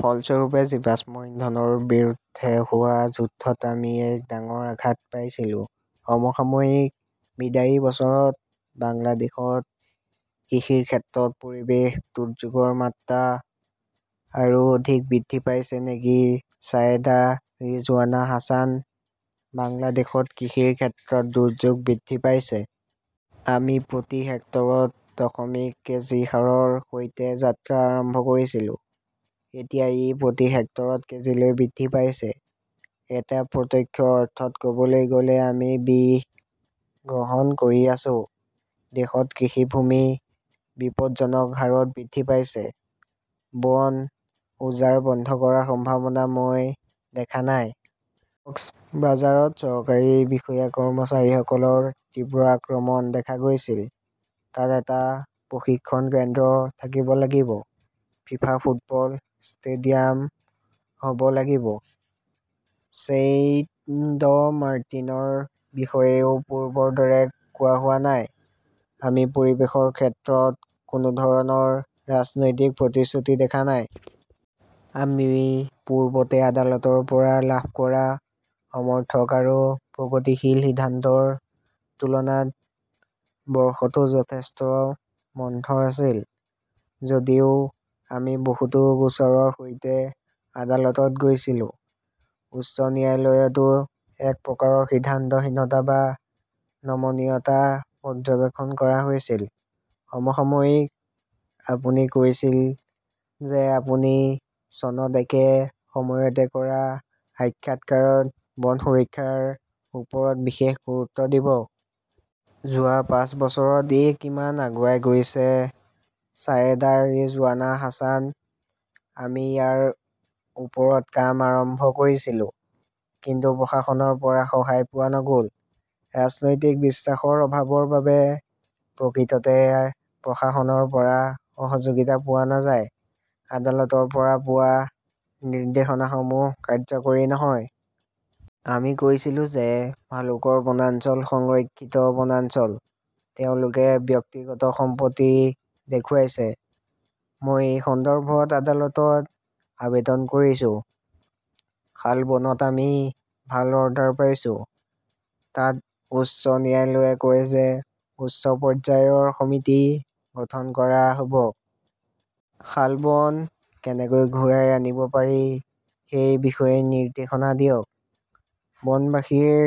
ফলস্বৰূপে জীৱাশ্ম ইন্ধনৰ বিৰুদ্ধে হোৱা যুদ্ধত আমি এক ডাঙৰ আঘাত পাইছিলো। সমসাময়িকঃ বিদায়ী বছৰত বাংলাদেশত কৃষিৰ ক্ষেত্ৰত পৰিৱেশ দুৰ্যোগৰ মাত্ৰা আৰু অধিক বৃদ্ধি পাইছে নেকি ছায়েদা ৰিজৱানা হাছানঃ বাংলাদেশত কৃষিৰ ক্ষেত্ৰত দুৰ্যোগ বৃদ্ধি পাইছে। আমি প্ৰতি হেক্টৰত দশমিক কেজি সাৰৰ সৈতে যাত্ৰা আৰম্ভ কৰিছিলো। এতিয়া ই প্ৰতি হেক্টৰত কেজিলৈ বৃদ্ধি পাইছে। এটা প্ৰত্যক্ষ অৰ্থত ক’বলৈ গ’লে-আমি বিষ গ্ৰহণ কৰি আছো। দেশত কৃষিভূমি বিপদজনক হাৰত হ্ৰাস পাইছে। বন উজাৰ বন্ধ কৰাৰ সম্ভাৱনা মই দেখা নাই। কক্সবাঝাৰত চৰকাৰী বিষয়া-কৰ্মচাৰীসকলৰ তীব্ৰ আক্ৰমণ দেখা গৈছিল। তাত এটা প্ৰশিক্ষণ কেন্দ্ৰ থাকিব লাগিব। ফিফা ফুটবল ষ্টেডিয়াম হ 'ব লাগিব। ছেইণ্টমাৰ্টিনৰ বিষয়েও পূৰ্বৰ দৰে কোৱা হোৱা নাই। আমি পৰিৱেশৰ ক্ষেত্ৰত কোনো ধৰণৰ ৰাজনৈতিক প্ৰতিশ্ৰুতি দেখা নাই। আমি পূৰ্বতে আদালতৰ পৰা লাভ কৰা সমৰ্থক আৰু প্ৰগতিশীল সিদ্ধান্তৰ তুলনাত বৰ্ষটো যথেষ্ট মন্থৰ আছিল। যদিও আমি বহুতো গোচৰৰ সৈতে আদালতত গৈছিলো। উচ্চ ন্যায়ালয়তো এক প্ৰকাৰৰ সিদ্ধান্তহীনতা বা নমনীয়তা পৰ্যবেক্ষণ কৰা হৈছিল। সমসাময়িকঃ আপুনি কৈছিল যে আপুনি চনত একে সময়তে কৰা সাক্ষাৎকাৰত বন সুৰক্ষাৰ ওপৰত বিশেষ গুৰুত্ব দিব। যোৱা পাঁচ বছৰত ই কিমান আগুৱাই গৈছে ছায়েদা ৰিজৱানা হাছানঃ আমি ইয়াৰ ওপৰত কাম আৰম্ভ কৰিছিলো। কিন্তু প্ৰশাসনৰ পৰা সহায় পোৱা নগ’ল। ৰাজনৈতিক বিশ্বাসৰ অভাৱৰ বাবে প্ৰকৃততে প্ৰশাসনৰ পৰা সহযোগিতা পোৱা নাযায়। আদালতৰ পৰা পোৱা নিৰ্দেশনাসমূহ কাৰ্যকৰী নহয়। আমি কৈছিলো যে ভালুকৰ বনাঞ্চল সংৰক্ষিত বনাঞ্চল, তেওঁলোকে ব্যক্তিগত সম্পত্তি দেখুৱাইছে। মই এই সন্দৰ্ভত আদালতত আবেদন কৰিছো। শালবনত আমি ভাল অৰ্ডাৰ পাইছো। তাত উচ্চ ন্যায়ালয়ে কয় যে উচ্চ পৰ্যায়ৰ সমিতি গঠন কৰা হ’ব। শালবন কেনেকৈ ঘূৰাই আনিব পাৰি সেই বিষয়ে নিৰ্দেশনা দিয়ক। বনবাসীৰ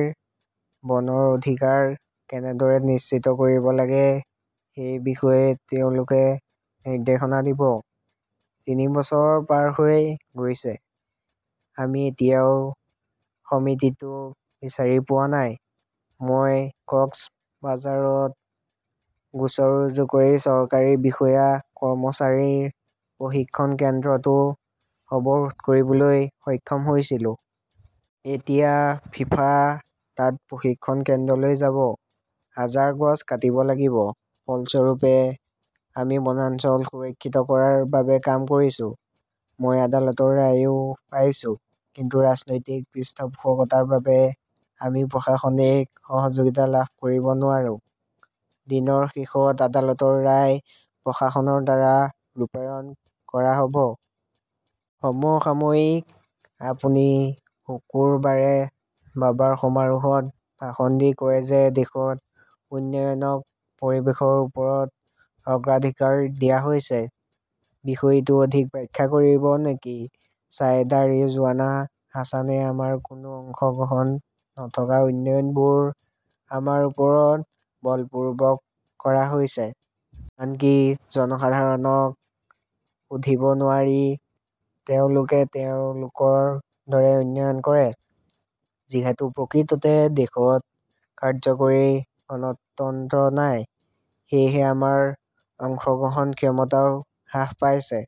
বনৰ অধিকাৰ কেনেদৰে নিশ্চিত কৰিব লাগে সেই বিষয়ে তেওঁলোকে নিৰ্দেশনা দিব। তিনি বছৰ পাৰ হৈ গৈছে, আমি এতিয়াও সমিতিটো বিচাৰি পোৱা নাই! মই কক্সবাঝাৰত গোচৰ ৰুজু কৰি চৰকাৰী বিষয়া-কৰ্মচাৰীৰ প্ৰশিক্ষণ কেন্দ্ৰটো অৱৰোধ কৰিবলৈ সক্ষম হৈছিলো। এতিয়া ফিফা তাত প্ৰশিক্ষণ কেন্দ্ৰলৈ যাব। হাজাৰ গছ কাটিব লাগিব। ফলস্বৰূপে, আমি বনাঞ্চল সুৰক্ষিত কৰাৰ বাবে কাম কৰিছো। মই আদালতৰ ৰায়ও পাইছো। কিন্তু ৰাজনৈতিক পৃষ্ঠপোষকতাৰ বাবে আমি প্ৰশাসনিক সহযোগিতা লাভ কৰিব নোৱাৰো। দিনৰ শেষত আদালতৰ ৰায় প্ৰশাসনৰ দ্বাৰা ৰূপায়ণ কৰা হ 'ব। সমসাময়িকঃ আপুনি শুকুৰবাৰে বাবাৰ সমাৰোহত ভাষণ দি কয় যে দেশত উন্নয়নক পৰিৱেশৰ ওপৰত অগ্ৰাধিকাৰ দিয়া হৈছে। বিষয়টো অধিক ব্যাখ্যা কৰিব নেকি ছায়েদা ৰিজৱানা হাছান আমাৰ কোনো অংশগ্ৰহণ নথকা উন্নয়নবোৰ আমাৰ ওপৰত বলপূৰ্বক কৰা হৈছে। আনকি জনসাধাৰণক সুধিব নোৱাৰি, তেওঁলোকে তেওঁলোকৰ দৰে উন্নয়ন কৰে। যিহেতু প্ৰকৃততে দেশত কাৰ্যকৰী গণতন্ত্ৰ নাই, সেয়েহে আমাৰ অংশগ্ৰহণ ক্ষমতাও হ্ৰাস পাইছে।